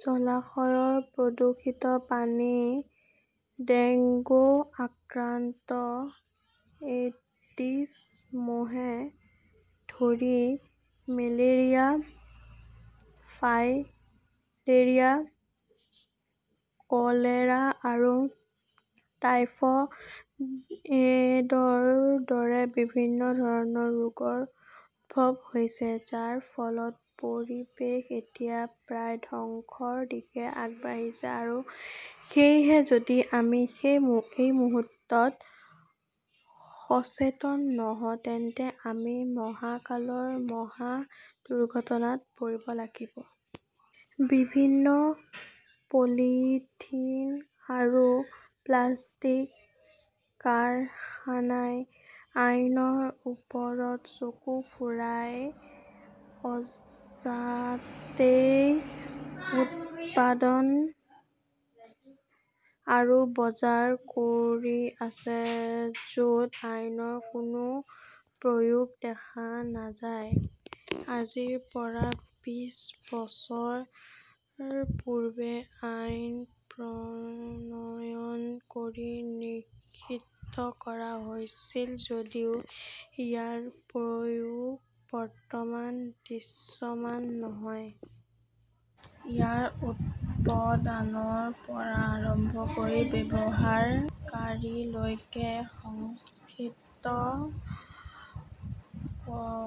জলাশয়ৰ প্ৰদূষিত পানীত ডেংগু আক্ৰান্ত এডিছ মহে ধৰি মেলেৰিয়া, ফাইলেৰিয়া, কলেৰা আৰু টাইফয়েডৰ দৰে বিভিন্ন ধৰণৰ ৰোগৰ উদ্ভৱ হৈছে। যাৰ ফলত পৰিৱেশ এতিয়া প্ৰায় ধ্বংসৰ দিশে আগবাঢ়িছে। আৰু সেয়েহে যদি আমি এই মুহূৰ্তত সচেতন নহওঁ, তেন্তে আমি মহাকালৰ মহা দুৰ্ঘটনাত পৰিব লাগে। বিভিন্ন পলিথিন আৰু প্লাষ্টিক কাৰখানাই আইনৰ ওপৰত চকু ফুৰাই অজান্তেই উৎপাদন আৰু বজাৰ কৰি আছে। য'ত আইনৰ কোনো প্ৰয়োগ দেখা নাযায়। আজিৰ পৰা বিশ বছৰ পূৰ্বে আইন প্ৰণয়ন কৰি নিষিদ্ধ কৰা হৈছিল যদিও ইয়াৰ প্ৰয়োগ বৰ্তমান দৃশ্যমান নহয়। ইয়াৰ উৎপদানৰ পৰা আৰম্ভ কৰি ব্যৱহাৰকাৰীলৈকে সংক্ষিপ্ত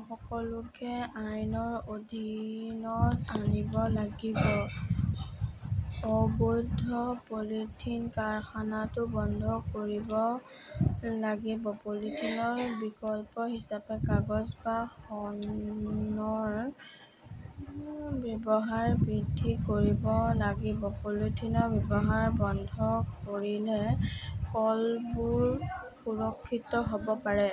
সকলোকে আইনৰ অধীনত আনিব লাগিব। অবৈধ পলিথিন কাৰখানাটো বন্ধ কৰিব লাগিব। পলিথিনৰ বিকল্প হিচাপে কাগজ বা শণৰ ব্যৱহাৰ বৃদ্ধি কৰিব লাগিব। পলিথিনৰ ব্যৱহাৰ বন্ধ কৰিলে কলবোৰ সুৰক্ষিত হ'ব পাৰে।